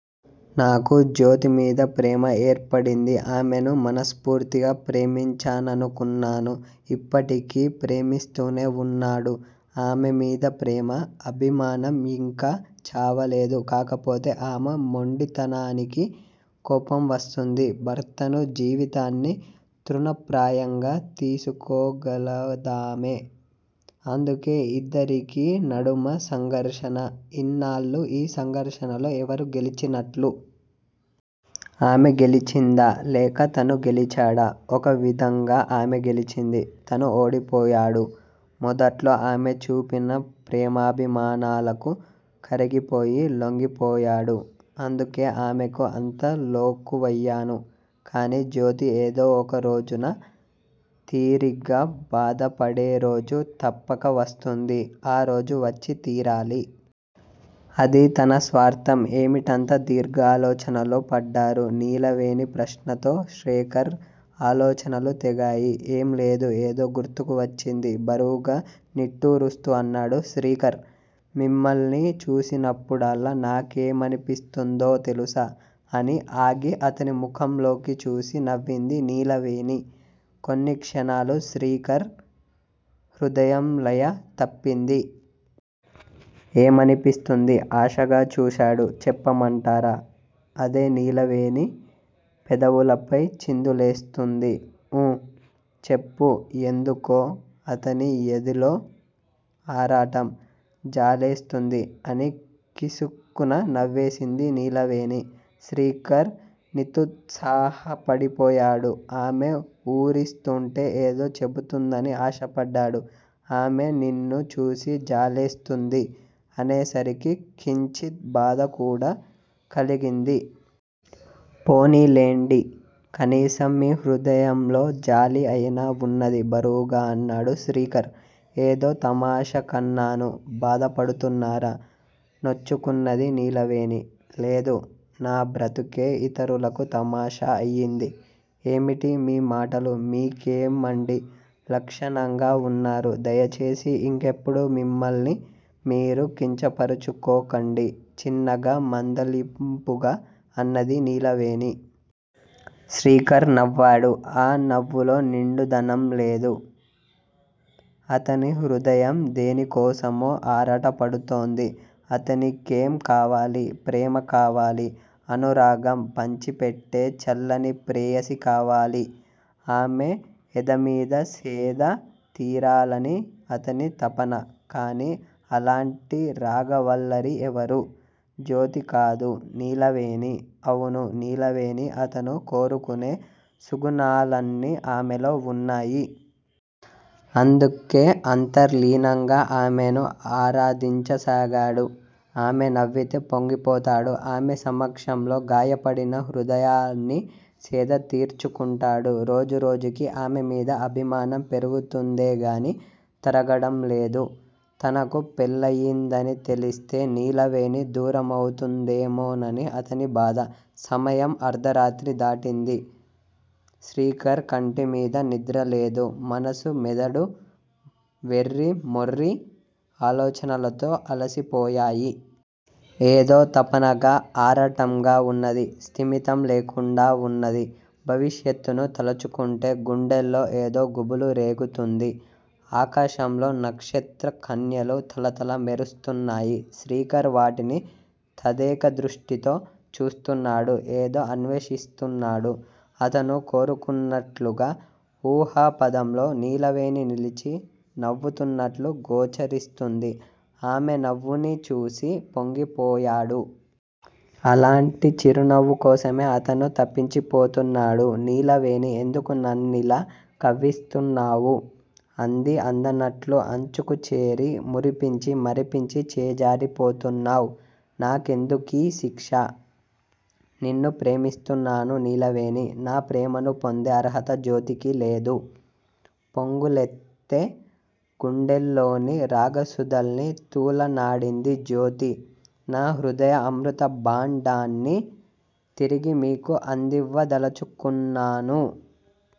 నాకు జ్యోతిమీద ప్రేమ ఏర్పడింది. ఆమెను మనస్పూర్తిగా ప్రేమించాననుకున్నాను. ఇప్పటికీ ప్రేమిస్తూనే వున్నాడు. ఆమె మీద ప్రేమ. అభిమానం యింకా చావలేదు. కాకపోతే ఆమె మొండితనానికి కోపం వస్తుంది. భర్తను, జీవితాన్ని తృణప్రాయంగా తీసుకోగలదామె. అందుకే ఇద్దరికీ నడుమ సంఘర్షణ! ఇన్నాళ్ళు ఈ సంఘర్షణలో ఎవరు గెలిచినట్లు? ఆమె గెలిచిందా, లేక తను గెలిచాడా? ఒక విధంగా ఆమే గెలిచింది. తను ఓడిపోయాడు. మొదట్లో ఆమె చూపిన ప్రేమాభిమానాలకు కరిగిపోయి లొంగిపోయాడు. అందుకే ఆమెకు అంత లోకువయ్యాను. కానీ, జ్యోతి ఏదో ఒక రోజున తీరిగ్గా బాధపడేరోజు తప్పక వస్తుంది. ఆ రోజు వచ్చి తీరాలి. అది తన స్వార్ధం? ఏమిటంత దీర్ఘాలోచనలో పడ్డారు? నీలవేణి ప్రశ్నతో శ్రేకర్ ఆలోచనలు తెగాయి. ఏం లేదు ఏదో గుర్తుకు వచ్చింది బరువుగా నిట్టూరుస్తూ అన్నాడు శ్రీకర్. మిమ్మల్ని చూసినప్పుడల్లా నాకేమనిపిస్తుందో తెలుసా? అని ఆగి అతని ముఖంలోకి చూసి నవ్వింది నీలవేణి. కొన్ని క్షణాలు శ్రీకర్ హృదయం లయ తప్పింది. ఏమనిపిస్తుంది? ఆశగా చూసాడు. చెప్పమంటారా? అదే నీలవేణి పెదవులపై చిందులేస్తుంది. ఊ చెప్పు యెందుకో అతని యెదలో ఆరాటం! జాలేస్తుంది__ అని కిసుక్కున నవ్వేసింది నీలవేణి. శ్రీకర్ నితుత్సాహపడిపోయాడు. ఆమె ఊరిస్తుంటే ఏదో చెబుతుందని ఆశపడ్డాడు. ఆమె నిన్ను చూసి జాలేస్తుంది. అనేసరికి కించిత్ బాధకూడా కలిగింది. పోనీలెండి కనీసం మీ హృదయంలో జాలి అయినా వున్నది బరువుగా అన్నాడు శ్రీకర్. ఏదో తమాషాకన్నాను. బాధపడుతున్నారా? నొచ్చుకున్నది నీలవేణి. లేదు. నా బ్రతుకే ఇతరులకు తమాషా అయింది. ఏమిటి మీ మాటలు-మీకేమండి లక్షణంగా వున్నారు. దయచేసి ఇంకెప్పుడూ మిమ్మల్ని మీరు కించపరుచుకోకండి- చిన్నగా మందలింపుగా అన్నది నీలవేణి. శ్రీకర్ నవ్వాడు. ఆ నవ్వులో నిండుదనంలేదు. అతని హృదయం దేనికోసమో ఆరాటపడుతోంది. అతనికేం కావాలి? ప్రేమ కావాలి! అనురాగం పంచిపెట్టే చల్లని ప్రేయసి కావాలి. ఆమె ఎదమీద సేద తీరాలని అతని తపన! కానీ! అలాంటి రాగవల్లరి ఎవరు? జ్యోతి కాదు నీలవేణి! అవును నీలవేణి అతను కోరుకునే సుగుణాలన్నీ ఆమెలో వున్నాయి. అందుకే అంతర్లీనంగా ఆమెను ఆరాధించసాగాడు. ఆమె నవ్వితే పొంగిపోతాడు. ఆమె సమక్షంలో గాయపడిన హృదయాన్ని సేద తీర్చుకుంటాడు. రోజు రోజుకీ ఆమెమీద అభిమానం పెరుగుతుందేగానీ తరగడంలేదు. తనకు పెళ్ళయిందని తెలిస్తే నీలవేణి దూరమవుతుందేమోనని అతని బాధ. సమయం అర్దరాత్రి దాటింది. శ్రీకర్ కంటిమీద నిద్రలేదు. మనస్సు మెదడు వెర్రి మొర్రి ఆలోచనలతో అలసిపోయాయి. ఏదో తపనగా, ఆరాటంగా వున్నది. స్థిమితం లేకుండా వున్నది. భవిష్యత్తును తలచుకుంటే గుండెల్లో ఏదో గుబులు రేగుతుంది. ఆకాశంలో నక్షత్ర కన్యలు తళతళా మెరుస్తున్నాయి. శ్రీకర్ వాటిని తదేక దృష్టితో చూస్తున్నాడు ఏదో అన్వేషిస్తున్నాడు. అతను కోరుకున్నట్లుగా ఊహాపధంలో నీలవేణి నిలిచి నవ్వుతున్నట్లు గోచరిస్తుంది. ఆమె నవ్వుని చూసి పొంగిపోయాడు. అలాంటి చిరునవ్వు కోసమే అతను తపించిపోతున్నాడు. నీలవేణీ! ఎందుకు నన్నిలా కవ్విస్తున్నావు? అందీ అందనట్లు అంచుకుచేరి మురిపించి, మరిపించి చేజారిపోతున్నావ్! నా కెందుకీ శిక్ష? నిన్ను ప్రేమిస్తున్నాను నీలవేణీ! నా ప్రేమను పొందే అర్హత జ్యోతికి లేదు. పొంగులెత్తే గుండెల్లోని రాగసుధల్ని తూలనాడింది జ్యోతి! నా హృదయ అమృత భాండాన్ని తిరిగి మీకు అందివ్వదలచుకున్నాను.